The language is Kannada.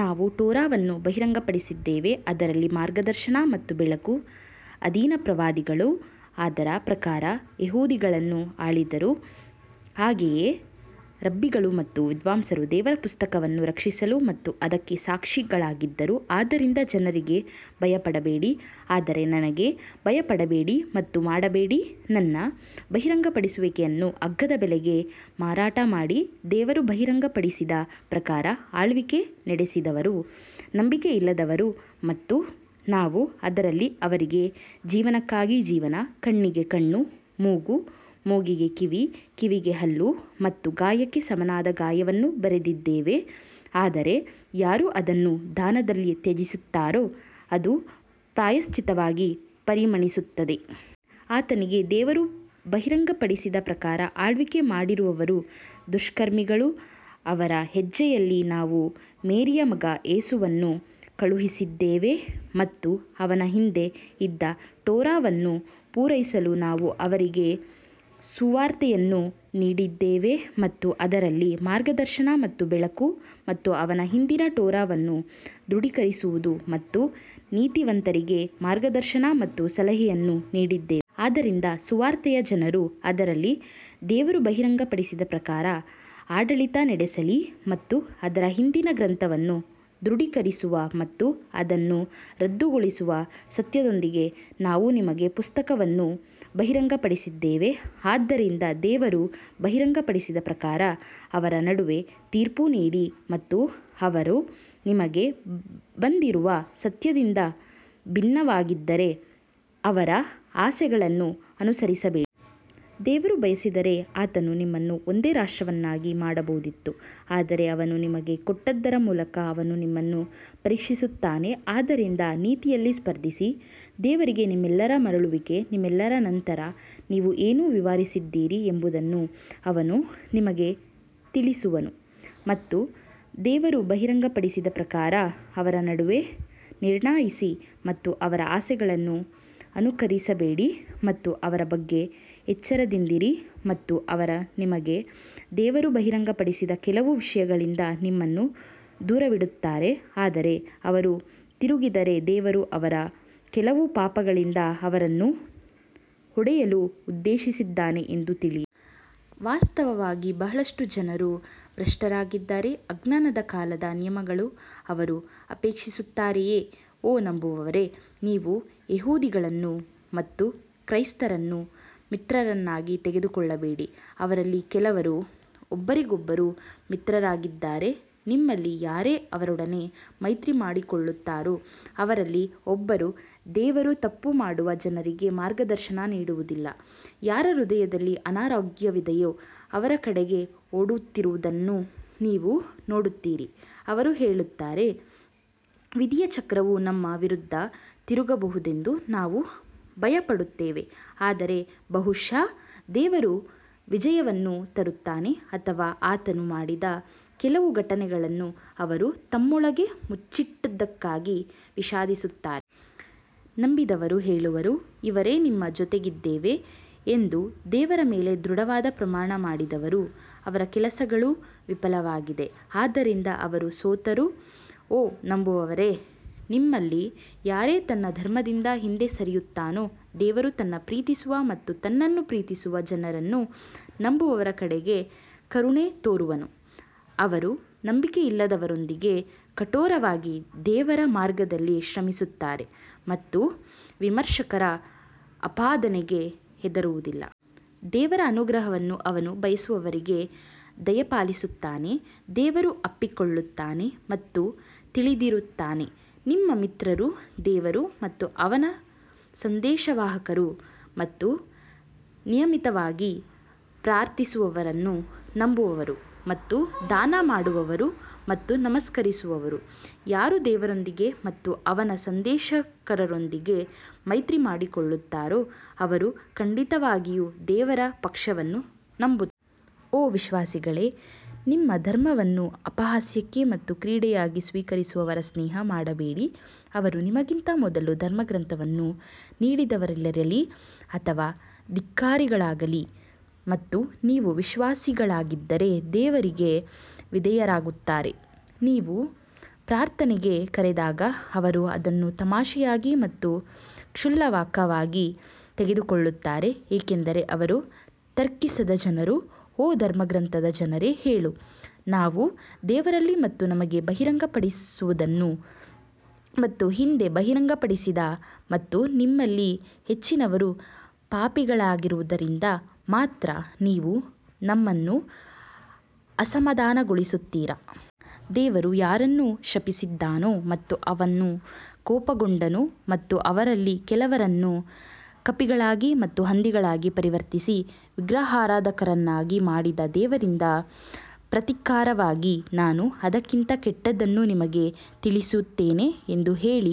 ನಾವು ಟೋರಾವನ್ನು ಬಹಿರಂಗಪಡಿಸಿದ್ದೇವೆ ಅದರಲ್ಲಿ ಮಾರ್ಗದರ್ಶನ ಮತ್ತು ಬೆಳಕು ಅಧೀನ ಪ್ರವಾದಿಗಳು ಅದರ ಪ್ರಕಾರ ಯಹೂದಿಗಳನ್ನು ಆಳಿದರು, ಹಾಗೆಯೇ ರಬ್ಬಿಗಳು ಮತ್ತು ವಿದ್ವಾಂಸರು ದೇವರ ಪುಸ್ತಕವನ್ನು ರಕ್ಷಿಸಲು ಮತ್ತು ಅದಕ್ಕೆ ಸಾಕ್ಷಿಗಳಾಗಿದ್ದರು ಆದ್ದರಿಂದ ಜನರಿಗೆ ಭಯಪಡಬೇಡಿ ಆದರೆ ನನಗೆ ಭಯಪಡಬೇಡಿ ಮತ್ತು ಮಾಡಬೇಡಿ. ನನ್ನ ಬಹಿರಂಗಪಡಿಸುವಿಕೆಗಳನ್ನು ಅಗ್ಗದ ಬೆಲೆಗೆ ಮಾರಾಟ ಮಾಡಿ ದೇವರು ಬಹಿರಂಗಪಡಿಸಿದ ಪ್ರಕಾರ ಆಳ್ವಿಕೆ ನಡೆಸದವರು ನಂಬಿಕೆಯಿಲ್ಲದವರು ಮತ್ತು ನಾವು ಅದರಲ್ಲಿ ಅವರಿಗೆ ಜೀವನಕ್ಕಾಗಿ ಜೀವನ, ಕಣ್ಣಿಗೆ ಕಣ್ಣು, ಮೂಗು, ಮೂಗಿಗೆ ಕಿವಿ ಕಿವಿಗೆ ಹಲ್ಲು ಮತ್ತು ಗಾಯಕ್ಕೆ ಸಮಾನವಾದ ಗಾಯವನ್ನು ಬರೆದಿದ್ದೇವೆ ಆದರೆ ಯಾರು ಅದನ್ನು ದಾನದಲ್ಲಿ ತ್ಯಜಿಸುತ್ತಾರೋ ಅದು ಪ್ರಾಯಶ್ಚಿತ್ತವಾಗಿ ಪರಿಣಮಿಸುತ್ತದೆ. ಆತನಿಗೆ ದೇವರು ಬಹಿರಂಗಪಡಿಸಿದ ಪ್ರಕಾರ ಆಳ್ವಿಕೆ ಮಾಡದಿರುವವರು ದುಷ್ಕರ್ಮಿಗಳು ಅವರ ಹೆಜ್ಜೆಯಲ್ಲಿ ನಾವು ಮೇರಿಯ ಮಗ ಯೇಸುವನ್ನು ಕಳುಹಿಸಿದ್ದೇವೆ ಮತ್ತು ಅವನ ಹಿಂದೆ ಇದ್ದ ಟೋರಾವನ್ನು ಪೂರೈಸಲು ನಾವು ಅವರಿಗೆ ಸುವಾರ್ತೆಯನ್ನು ನೀಡಿದ್ದೇವೆ ಮತ್ತು ಅದರಲ್ಲಿ ಮಾರ್ಗದರ್ಶನ ಮತ್ತು ಬೆಳಕು ಮತ್ತು ಅವನ ಹಿಂದಿನ ಟೋರಾವನ್ನು ದೃಢೀಕರಿಸುವುದು ಮತ್ತು ನೀತಿವಂತರಿಗೆ ಮಾರ್ಗದರ್ಶನ ಮತ್ತು ಸಲಹೆಯನ್ನು ನೀಡಿದ್ದೇವೆ. ಆದ್ದರಿಂದ ಸುವಾರ್ತೆಯ ಜನರು ಅದರಲ್ಲಿ ದೇವರು ಬಹಿರಂಗಪಡಿಸಿದ ಪ್ರಕಾರ ಆಡಳಿತ ನಡೆಸಲಿ ಮತ್ತು ಅದರ ಹಿಂದಿನ ಗ್ರಂಥವನ್ನು ದೃಢೀಕರಿಸುವ ಮತ್ತು ಅದನ್ನು ರದ್ದುಗೊಳಿಸುವ ಸತ್ಯದೊಂದಿಗೆ ನಾವು ನಿಮಗೆ ಪುಸ್ತಕವನ್ನು ಬಹಿರಂಗಪಡಿಸಿದ್ದೇವೆ ಆದ್ದರಿಂದ ದೇವರು ಬಹಿರಂಗಪಡಿಸಿದ ಪ್ರಕಾರ ಅವರ ನಡುವೆ ತೀರ್ಪು ನೀಡಿ ಮತ್ತು ಅವರು ನಿಮಗೆ ಬಂದಿರುವ ಸತ್ಯದಿಂದ ಭಿನ್ನವಾಗಿದ್ದರೆ ಅವರ ಆಸೆಗಳನ್ನು ಅನುಸರಿಸಬೇಡಿ. ದೇವರು ಬಯಸಿದ್ದರೆ ಆತನು ನಿಮ್ಮನ್ನು ಒಂದೇ ರಾಷ್ಟ್ರವನ್ನಾಗಿ ಮಾಡಬಹುದಿತ್ತು ಆದರೆ ಅವನು ನಿಮಗೆ ಕೊಟ್ಟದ್ದರ ಮೂಲಕ ಅವನು ನಿಮ್ಮನ್ನು ಪರೀಕ್ಷಿಸುತ್ತಾನೆ ಆದ್ದರಿಂದ ನೀತಿಯಲ್ಲಿ ಸ್ಪರ್ಧಿಸಿ ದೇವರಿಗೆ ನಿಮ್ಮೆಲ್ಲರ ಮರಳುವಿಕೆ ನಿಮ್ಮೆಲ್ಲರ ನಂತರ ನೀವು ಏನು ವಿವಾದಿಸಿದ್ದೀರಿ ಎಂಬುದನ್ನು ಅವನು ನಿಮಗೆ ತಿಳಿಸುವನು. ಮತ್ತು ದೇವರು ಬಹಿರಂಗಪಡಿಸಿದ ಪ್ರಕಾರ ಅವರ ನಡುವೆ ನಿರ್ಣಯಿಸಿ ಮತ್ತು ಅವರ ಆಸೆಗಳನ್ನು ಅನುಸರಿಸಬೇಡಿ ಮತ್ತು ಅವರ ಬಗ್ಗೆ ಎಚ್ಚರದಿಂದಿರಿ ಮತ್ತು ಅವರು ನಿಮಗೆ ದೇವರು ಬಹಿರಂಗಪಡಿಸಿದ ಕೆಲವು ವಿಷಯಗಳಿಂದ ನಿಮ್ಮನ್ನು ದೂರವಿಡುತ್ತಾರೆ ಆದರೆ ಅವರು ತಿರುಗಿದರೆ ದೇವರು ಅವರ ಕೆಲವು ಪಾಪಗಳಿಂದ ಅವರನ್ನು ಹೊಡೆಯಲು ಉದ್ದೇಶಿಸಿದ್ದಾನೆ ಎಂದು ತಿಳಿಯಿರಿ. ವಾಸ್ತವವಾಗಿ ಬಹಳಷ್ಟು ಜನರು ಭ್ರಷ್ಟರಾಗಿದ್ದಾರೆ ಅಜ್ಞಾನದ ಕಾಲದ ನಿಯಮಗಳು ಅವರು ಅಪೇಕ್ಷಿಸುತ್ತಾರೆಯೇ? ಓ ನಂಬುವವರೇ ನೀವು ಯಹೂದಿಗಳನ್ನು ಮತ್ತು ಕ್ರೈಸ್ತರನ್ನು ಮಿತ್ರರನ್ನಾಗಿ ತೆಗೆದುಕೊಳ್ಳಬೇಡಿ ಅವರಲ್ಲಿ ಕೆಲವರು ಒಬ್ಬರಿಗೊಬ್ಬರು ಮಿತ್ರರಾಗಿದ್ದಾರೆ ನಿಮ್ಮಲ್ಲಿ ಯಾರೇ ಅವರೊಡನೆ ಮೈತ್ರಿ ಮಾಡಿಕೊಳ್ಳುತ್ತಾರೋ ಅವರಲ್ಲಿ ಒಬ್ಬರು ದೇವರು ತಪ್ಪು ಮಾಡುವ ಜನರಿಗೆ ಮಾರ್ಗದರ್ಶನ ನೀಡುವುದಿಲ್ಲ ಯಾರ ಹೃದಯದಲ್ಲಿ ಅನಾರೋಗ್ಯವಿದೆಯೋ ಅವರ ಕಡೆಗೆ ಓಡುತ್ತಿರುವುದನ್ನು ನೀವು ನೋಡುತ್ತೀರಿ ಅವರು ಹೇಳುತ್ತಾರೆ, ವಿಧಿಯ ಚಕ್ರವು ನಮ್ಮ ವಿರುದ್ಧ ತಿರುಗಬಹುದೆಂದು ನಾವು ಭಯಪಡುತ್ತೇವೆ ಆದರೆ ಬಹುಶಃ ದೇವರು ವಿಜಯವನ್ನು ತರುತ್ತಾನೆ ಅಥವಾ ಆತನು ಮಾಡಿದ ಕೆಲವು ಘಟನೆಗಳನ್ನು ಅವರು ತಮ್ಮೊಳಗೆ ಮುಚ್ಚಿಟ್ಟದ್ದಕ್ಕಾಗಿ ವಿಷಾದಿಸುತ್ತಾರೆ. ನಂಬಿದವರು ಹೇಳುವರು ಇವರೇ ನಿಮ್ಮ ಜೊತೆಗಿದ್ದೇವೆ ಎಂದು ದೇವರ ಮೇಲೆ ದೃಢವಾದ ಪ್ರಮಾಣ ಮಾಡಿದವರು ಅವರ ಕೆಲಸಗಳು ವಿಫಲವಾಗಿವೆ ಆದ್ದರಿಂದ ಅವರು ಸೋತರು ಓ ನಂಬುವವರೇ, ನಿಮ್ಮಲ್ಲಿ ಯಾರೇ ತನ್ನ ಧರ್ಮದಿಂದ ಹಿಂದೆ ಸರಿಯುತ್ತಾನೋ, ದೇವರು ತಾನು ಪ್ರೀತಿಸುವ ಮತ್ತು ತನ್ನನ್ನು ಪ್ರೀತಿಸುವ ಜನರನ್ನು ನಂಬುವವರ ಕಡೆಗೆ ಕರುಣೆ ತೋರುವನು, ಅವರು ನಂಬಿಕೆಯಿಲ್ಲದವರೊಂದಿಗೆ ಕಠೋರವಾಗಿ ದೇವರ ಮಾರ್ಗದಲ್ಲಿ ಶ್ರಮಿಸುತ್ತಾರೆ ಮತ್ತು ವಿಮರ್ಶಕರ ಆಪಾದನೆಗೆ ಹೆದರುವುದಿಲ್ಲ. ದೇವರ ಅನುಗ್ರಹವನ್ನು ಅವನು ಬಯಸಿದವರಿಗೆ ದಯಪಾಲಿಸುತ್ತಾನೆ ದೇವರು ಅಪ್ಪಿಕೊಳ್ಳುತ್ತಾನೆ ಮತ್ತು ತಿಳಿದಿರುತ್ತಾನೆ ನಿಮ್ಮ ಮಿತ್ರರು ದೇವರು ಮತ್ತು ಅವನ ಸಂದೇಶವಾಹಕರು ಮತ್ತು ನಿಯಮಿತವಾಗಿ ಪ್ರಾರ್ಥಿಸುವವರನ್ನು ನಂಬುವವರು ಮತ್ತು ದಾನ ಮಾಡುವವರು ಮತ್ತು ನಮಸ್ಕರಿಸುವವರು ಯಾರು ದೇವರೊಂದಿಗೆ ಮತ್ತು ಅವನ ಸಂದೇಶವಾಹಕರೊಂದಿಗೆ ಮೈತ್ರಿ ಮಾಡಿಕೊಳ್ಳುತ್ತಾರೋ ಅವರು ಖಂಡಿತವಾಗಿಯೂ ದೇವರ ಪಕ್ಷವನ್ನು ನಂಬುತ್ತಾರೆ. ಓ ವಿಶ್ವಾಸಿಗಳೇ, ನಿಮ್ಮ ಧರ್ಮವನ್ನು ಅಪಹಾಸ್ಯಕ್ಕೆ ಮತ್ತು ಕ್ರೀಡೆಯಾಗಿ ಸ್ವೀಕರಿಸುವವರ ಸ್ನೇಹ ಮಾಡಬೇಡಿ, ಅವರು ನಿಮಗಿಂತ ಮೊದಲು ಧರ್ಮಗ್ರಂಥವನ್ನು ನೀಡಿದವರಲ್ಲಿರಲಿ ಅಥವಾ ಧಿಕ್ಕಾರಿಗಳಾಗಲಿ ಮತ್ತು ನೀವು ವಿಶ್ವಾಸಿಗಳಾಗಿದ್ದರೆ ದೇವರಿಗೆ ವಿಧೇಯರಾಗುತ್ತಾರೆ. ನೀವು ಪ್ರಾರ್ಥನೆಗೆ ಕರೆದಾಗ ಅವರು ಅದನ್ನು ತಮಾಷೆಯಾಗಿ ಮತ್ತು ಕ್ಷುಲ್ಲಕವಾಗಿ ತೆಗೆದುಕೊಳ್ಳುತ್ತಾರೆ ಏಕೆಂದರೆ ಅವರು ತರ್ಕಿಸದ ಜನರು ಓ ಧರ್ಮಗ್ರಂಥದ ಜನರೇ ಹೇಳು, ನಾವು ದೇವರಲ್ಲಿ ಮತ್ತು ನಮಗೆ ಬಹಿರಂಗವಾದದ್ದನ್ನು ಮತ್ತು ಹಿಂದೆ ಬಹಿರಂಗಪಡಿಸಿದ ಮತ್ತು ನಿಮ್ಮಲ್ಲಿ ಹೆಚ್ಚಿನವರು ಪಾಪಿಗಳಾಗಿರುವುದರಿಂದ ಮಾತ್ರ ನೀವು ನಮ್ಮನ್ನು ಅಸಮಾಧಾನಗೊಳಿಸುತ್ತೀರಾ? ದೇವರು ಯಾರನ್ನು ಶಪಿಸಿದನೋ ಮತ್ತು ಅವನು ಕೋಪಗೊಂಡನು ಮತ್ತು ಅವರಲ್ಲಿ ಕೆಲವರನ್ನು ಕಪಿಗಳಾಗಿ ಮತ್ತು ಹಂದಿಗಳಾಗಿ ಪರಿವರ್ತಿಸಿ ವಿಗ್ರಹಾರಾಧಕರನ್ನಾಗಿ ಮಾಡಿದ ದೇವರಿಂದ ಪ್ರತೀಕಾರಕ್ಕಾಗಿ ನಾನು ಅದಕ್ಕಿಂತ ಕೆಟ್ಟದ್ದನ್ನು ನಿಮಗೆ ತಿಳಿಸುತ್ತೇನೆ ಎಂದು ಹೇಳಿ.